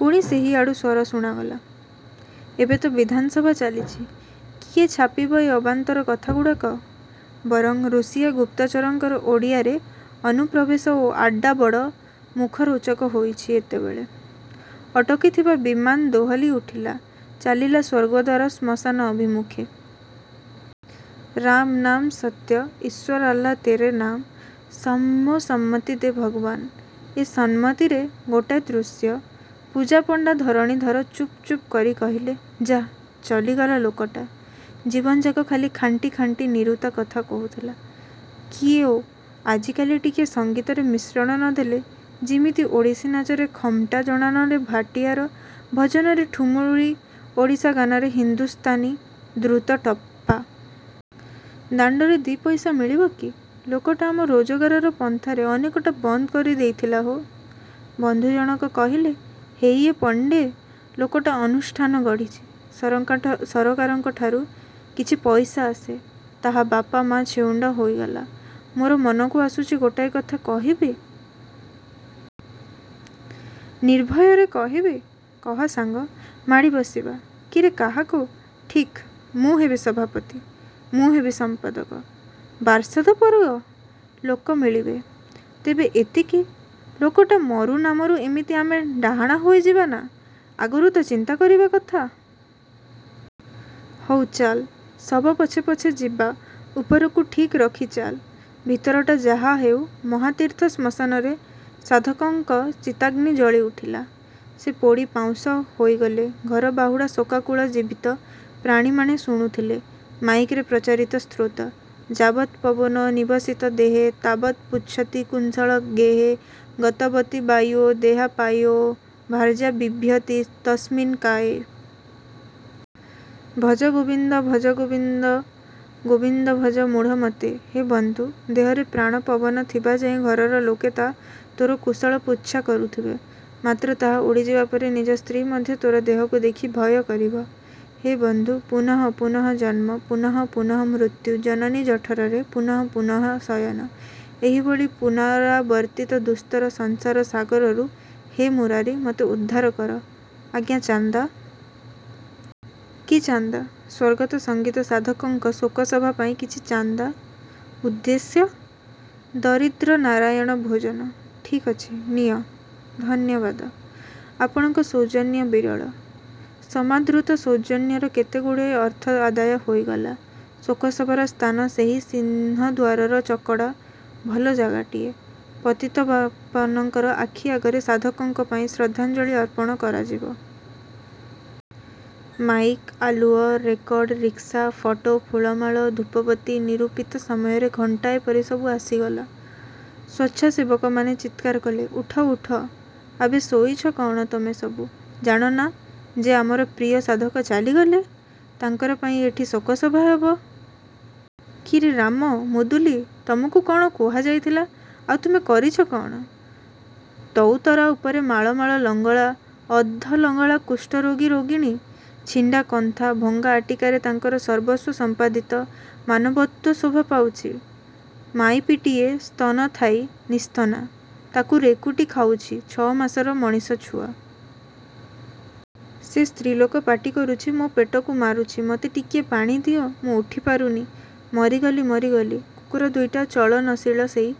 " ପୁଣି ସେହିଆଡ଼ୁ ସ୍ଵର ଶୁଣାଗଲା.. "ଏବେ ତ ବିଧାନସଭା ଚାଲିଛି; କିଏ ଛାପିବ ଏ ଅବାନ୍ତର କଥାଗୁଡ଼ାକ? ବରଂ ଋଷିଆ ଗୁପ୍ତଚରଙ୍କର ଓଡ଼ିଆରେ ଅନୁପ୍ରବେଶ ଓ ଆଡ଼୍ଡ଼ା ବଡ଼ ମୁଖରୋଚକ ହୋଇଛି ଏତେବେଳେ... " ଅଟକିଥିବା ବିମାନ ଦୋହଲି ଉଠିଲା.. ଚାଲିଲା ସ୍ଵର୍ଗଦ୍ଵାର ଶ୍ମଶାନ ଅଭିମୁଖେ.. ରାମ ନାମ ସତ୍ୟ.. ଈଶ୍ୱର ଆଲ୍ଲା ତେରେ ନାମ୍.. ସବ୍କୋ ସନ୍ମତି ଦେ ଭଗବାନ... ଏହି ସନ୍ମତିରେ ଗୋଟାଏ ଦୃଶ୍ୟ... ପୂଜାପଣ୍ଡା ଧରଣୀଧର ଚୁପଚୁପ କରି କହିଲେ.. "ଯାଃ ଚଲିଗଲା ଲୋକଟା... ଜୀବନଯାକ ଖାଲି ଖାଣ୍ଟି ଖାଣ୍ଟି ନିରୁତା କଥା କହୁଥିଲା। କିଓ, ଆଜିକାଲି ଟିକିଏ ସଙ୍ଗୀତରେ ମିଶ୍ରଣ ନଦେଲେ, ଯିମିତି ଓଡ଼ିଶୀ ନାଚରେ ଖମ୍ଟା, ଜଣାଣରେ ଭାଟିଆରି, ଭଜନରେ ଠୁମୁରି, ଓଡ଼ିଶୀ ଗାନରେ ହିନ୍ଦୁସ୍ଥାନୀ ଦ୍ରୁତ ଟପ୍ପା... ଦାଣ୍ଡରେ ଦି'ପଇସା ମିଳିବ କି? ଲୋକଟା ଆମ ରୋଜଗାରର ପନ୍ଥା ଅନେକଟା ବନ୍ଦ କରିଦେଇଥିଲା ହୋ... " ବନ୍ଧୁ ଜଣକ କହିଲେ–"ହେଇଏ ପଣ୍ଡେ, ଲୋକଟା ଅନୁଷ୍ଠାନ ଗଢ଼ିଛି, ସରକାରଙ୍କଠାରୁ କିଛି ପଇସା ଆସେ; ତାହା ବାପ-ମା'–ଛେଉଣ୍ଡ ହୋଇଗଲା.. ମୋର ମନକୁ ଆସୁଛି ଗୋଟାଏ କଥା କହିବି? ନିର୍ଭୟରେ କହିବି? " -କହ ସାଙ୍ଗ। -ମାଡ଼ିବସିବା। -କିରେ କାହାକୁ? -ଠିକ୍, ମୁଁ ହେବି ସଭାପତି। -ମୁଁ ହେବି ସମ୍ପାଦକ। -ପାର୍ଷଦବର୍ଗ? -ଲୋକ ମିଳିବେ। -ତେବେ ଏତିକି... ଲୋକଟା ମରୁ ନାମରୁ ଏମିତି ଆମେ ଡାହାଣା ହୋଇଯିବା ନା? -ଆଗରୁ ତ ଚିନ୍ତା କରିବା କଥା? -ହଉ, ଚାଲ୍, ଶବ ପଛେ ପଛେ ଯିବା-ଉପରକୁ ଠିକ୍ ରଖି ଚାଲ୍, ଭିତରଟା ଯାହା ହେଉ ମହାତୀର୍ଥ ଶ୍ମଶାନରେ ସାଧକଙ୍କର ଚିତାଗ୍ନି ଜଳିଉଠିଲା.. ସେ ପୋଡ଼ି ପାଉଁଶ ହୋଇଗଲେ ଘରବହୁଡ଼ା ଶୋକାକୁଳ ଜୀବିତ ପ୍ରାଣୀମାନେ ଶୁଣୁଥିଲେ ମାଇକରେ ପ୍ରଚାରିତ ସ୍ତୋତ୍ର... 'ଯାବତ୍ ପବନୋ ନିବସତି ଦେହେ ତାବତ୍ ପୁଚ୍ଛତି କୁଶଳଂ ଗେହେ ଗତବତି ବାୟୌ ଦେହାପାୟେ ଭାର୍ଯ୍ୟା ବିଭ୍ୟତି ତସ୍ମିନ୍ କାୟେ। ଭଜ ଗୋବିନ୍ଦଂ ଭଜ ଗୋବିନ୍ଦଂ ଗୋବିନ୍ଦଂ ଭଜ ମୂଢ଼ମତେ। ' ହେ ବନ୍ଧୁ, ଦେହରେ ପ୍ରାଣପବନ ଥିବାଯାଏ ଘରର ଲୋକେ ତୋ'ର କୁଶଳ ପୁଚ୍ଛା କରୁଥିବେ। ମାତ୍ର ତାହା ଉଡ଼ିଯିବା ପରେ ନିଜ ସ୍ତ୍ରୀ ମଧ୍ୟ ତୋ'ର ଦେହକୁ ଦେଖି ଭୟକରିବ। ହେ ବନ୍ଧୁ, ପୁନଃ ପୁନଃ ଜନ୍ମ, ପୁନଃ ପୁନଃ ମୃତ୍ୟୁ, ଜନନୀ ଜଠରରେ ପୁନଃ ପୁନଃ ଶୟନ… ଏହିଭଳି ପୁନରାବର୍ତ୍ତିତ ଦୁସ୍ତର ସଂସାର-ସାଗରରୁ, ହେ ମୁରାରି, ମତେ ଉଦ୍ଧାର କର… -ଆଜ୍ଞା ଚାନ୍ଦା? -କି ଚାନ୍ଦା? -ସ୍ୱର୍ଗତ ସଙ୍ଗୀତ ସାଧକଙ୍କର ଶୋକସଭା ପାଇଁ କିଛି ଚାନ୍ଦା। -ଉଦ୍ଦେଶ୍ୟ? -ଦରିଦ୍ରନାରାୟଣ ଭୋଜନ… -ଠିକ୍ ଅଛି, ନିଅ… -ଧନ୍ୟବାଦ, ଆପଣଙ୍କର ସୌଜନ୍ୟ ବିରଳ। ସମାଦୃତ ସୌଜନ୍ୟର କେତେଗୁଡ଼ିଏ ଅର୍ଥ ଆଦାୟ ହୋଇଗଲା। ଶୋକସଭାର ସ୍ଥାନ ସେହି ସିଂହଦ୍ୱାରର ଚକଡ଼ା.. ଭଲ ଜାଗାଟିଏ… ପତିତପାବନଙ୍କର ଆଖିଆଗରେ ସାଧକଙ୍କ ପାଇଁ ଶ୍ରଦ୍ଧାଞ୍ଜଳି ଅର୍ପଣ କରାଯିବ। ମାଇକ୍, ଆଲୁଅ, ରେକର୍ଡ଼, ରିକ୍ସା, ଫଟୋ, ଫୁଲମାଳ, ଧୂପବତୀ… ନିରୂପିତ ସମୟରେ ଘଣ୍ଟାଏ ପରେ ସବୁ ଆସିଗଲା… ସ୍ୱଚ୍ଛାସେବକମାନେ ଚିତ୍କାର କଲେ… ଉଠ, ଉଠ; ଆବେ ଶୋଇଛ କଅଣ? ତମେ ସବୁ। ଜାଣନା ଯେ ଆମର ପ୍ରିୟ ସାଧକ ଚାଲିଗଲେ? ତାଙ୍କ ପାଇଁ ଏଠି ଶୋକସଭା ହେବ? କିରେ ରାମ, ମୁଦୁଲି, ତମକୁ କଅଣ କୁହାଯାଇଥିଲା, ଆଉ ତୁମେ କରିଛ କଅଣ? ଚଉତରା ଉପରେ ମାଳମାଳ ଲଙ୍ଗଳା, ଅଧଲଙ୍ଗଳା କୁଷ୍ଠରୋଗୀ ରୋଗିଣୀ। ଛିଣ୍ଡା କନ୍ଥା, ଭଙ୍ଗା ଆଟିକାରେ ତାଙ୍କର ସର୍ବସ୍ୱ ସମ୍ପାଦିତ ମାନବତ୍ଵ ଶୋଭାପାଉଛି। ମାଇପିଟିଏ-ସ୍ତନ ଥାଇ ନିଃସ୍ତନା; ତାକୁ ରେକୁଟି ଖାଉଛି ଛଅମାସର ମଣିଷଛୁଆ। ସେ ସ୍ତ୍ରୀଲୋକ ପାଟି କରୁଛି, ମୋ ପେଟକୁ ମାରୁଛି-ମତେ ଟିକିଏ ପାଣି ଦିଅ, ମୁଁ ଉଠିପାରୁନି। ମରିଗଲି, ମରିଗଲି… କୁକୁର ଦୁଇଟା ଚଳନଶୀଳ ସେହି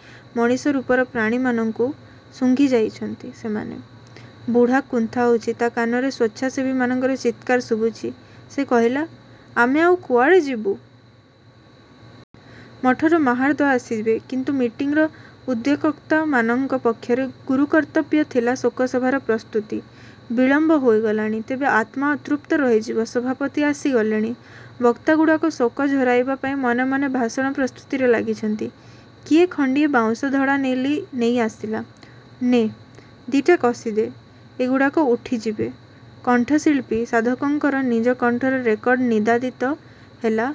ମଣିଷ ରୂପର ପ୍ରାଣୀମାନଙ୍କୁ ଶୁଙ୍ଘିଯାଇଛନ୍ତି ସେମାନେ। ବୁଢ଼ା କୁନ୍ଥାଉଛି, ତା କାନରେ ସ୍ଵଚ୍ଛାସେବୀମାନଙ୍କର ଚିତ୍କାର ଶୁଭୁଛି। ସେ କହିଲା–ଆମେ ଆଉ କୁଆଡ଼େ ଯିବୁ? ମଠର ମାହାର୍ଦ ଆସିଯିବ। କିନ୍ତୁ ମିଟିଂର ଉଦ୍ୟୋକ୍ତାମାନଙ୍କ ପକ୍ଷରେ ଗୁରୁକର୍ତ୍ତବ୍ୟ ଥିଲା ଶୋକସଭାର ପ୍ରସ୍ତୁତି… ବିଳମ୍ବ ହୋଇଗଲାଣି, ତେବେ ଆତ୍ମା ଅତୃପ୍ତ ରହିଯିବ–ସଭାପତି ଆସିଗଲେଣି। ବକ୍ତାଗୁଡ଼ାକ ଶୋକ ଝରାଇବା ପାଇଁ ମନେ ମନେ ଭାଷଣ–ପ୍ରସ୍ତୁତିରେ ଲାଗିଛନ୍ତି। କିଏ ଖଣ୍ଡିଏ ବାଉଁଶ ଧଡ଼ା ନେଇ ଆସିଲା। ନେଃ… ଦିଟା କଷିଦେ… ଏଗୁଡ଼ାକ ଉଠିଯିବେ। କଣ୍ଠଶିଳ୍ପୀ–ସାଧକଙ୍କର ନିଜ କଣ୍ଠର ରେକର୍ଡ଼ ନିନାଦିତ ହେଲା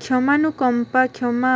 'କ୍ଷମାନୁକମ୍ପା… ' କ୍ଷମା?